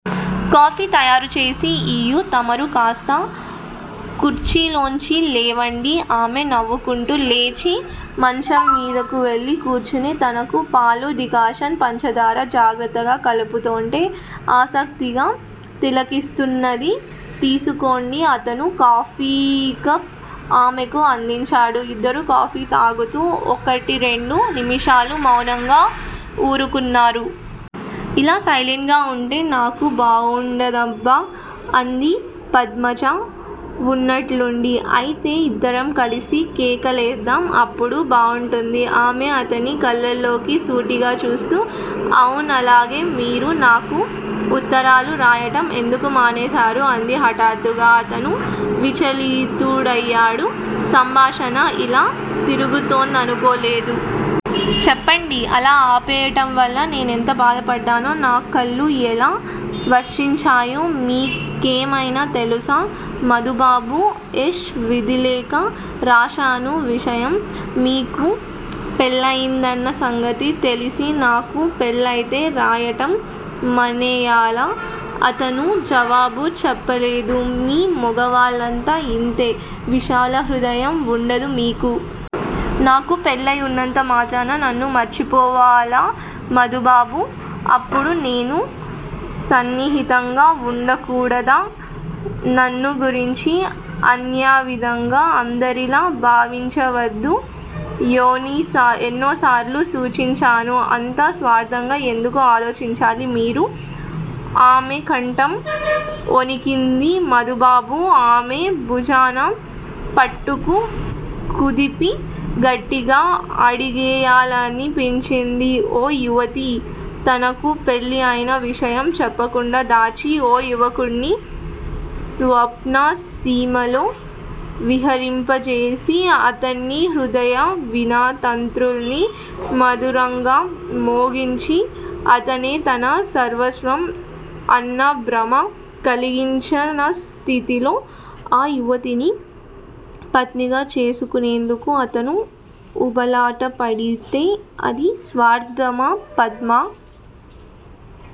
Coffee తయారుచేసి ఇయ్యి. తమరు కాస్త కుర్చీలోంచి లేవండి. ఆమె నవ్వుకుంటూ లేచి మంచంమీదకు వెళ్లి కూర్చుని అతను పాలూ డికాషన్ పంచదార జాగ్రత్తగా కలుపుతోంటే ఆసక్తిగా తిలకిస్తున్నది. తీసుకోండి. అతను కాఫీకప్ ఆమెకు అందించాడు. ఇద్దరూ కాఫీ తాగుతూ ఒకటిరెండు నిముషాలు మౌనంగా ఊరుకున్నారు. ఇలా సైలెంట్ గా వుంటే నాకు బావుండదబ్బా అంది పద్మజ వున్నట్లుండి. అయితే యిద్దరం కలిసి కేకలేద్దాం. అప్పుడు బాగుంటుంది. ఆమె అతని కళ్ళలోకి సూటిగా చూస్తూ అవును అలాగే మీరు నాకు ఉత్తరాలు రాయటం ఎందుకు మానేశారు అంది హఠాత్తుగా. అతను విచలితుడయాడు. సంభాషణ యిలా తిరుగుతుందనుకోలేదు. చెప్పండి అలా ఆపేయటం వల్ల నేనెంత బాధపడ్డానో నా కళ్లు ఎలా వర్షించాయో మీకేమైనా తెలుసా? మధుబాబు యిహ విధిలేక రాశానా విషయం. మీకు పెళ్ళయిందన్న సంగతి తెలిసి నాకు పెళ్ళయితే రాయటం మానెయ్యాలా? అతను జవాబు చెప్పలేదు. మీ మొగవాళ్ళంతా యింతే. విశాలహృదయం వుండదు మీకు. నాకు పెళ్ళయి వున్నంతమాత్రాన నన్ను మరిచిపోవాలా మధుబాబూ! అప్పుడు నేను సన్నిహితంగా వుండకూడదా? నన్నుగురించి అన్యవిధంగా అందరిలా భావించవద్దు యెనీఎన్నో సార్లు సూచించాను? అంత స్వార్థంగా ఎందుకు ఆలోచించాలి మీరు? ఆమెకంఠం ఒణికింది. మధుబాబుకు ఆమెభుజాలు పట్టుకు కుదిపి గట్టిగా అడిగేయాలనిపించింది. ఓ యువతి తనకు పెళ్లి అయిన విషయం చెప్పకుండా దాచి ఓ యువకుడ్ని స్వప్నసీమల్లో విహరింపజేసి అతని హృదయవీణాతంత్రుల్ని మధురంగా మోగించి అతనే తన సర్వస్వం అన్నభ్రమ కలిగించినస్థితిలో ఆ యువతిని పత్నిగా చేసుకునేందుకు అతను ఉబలాటపడితే అది స్వార్థమా పద్మా?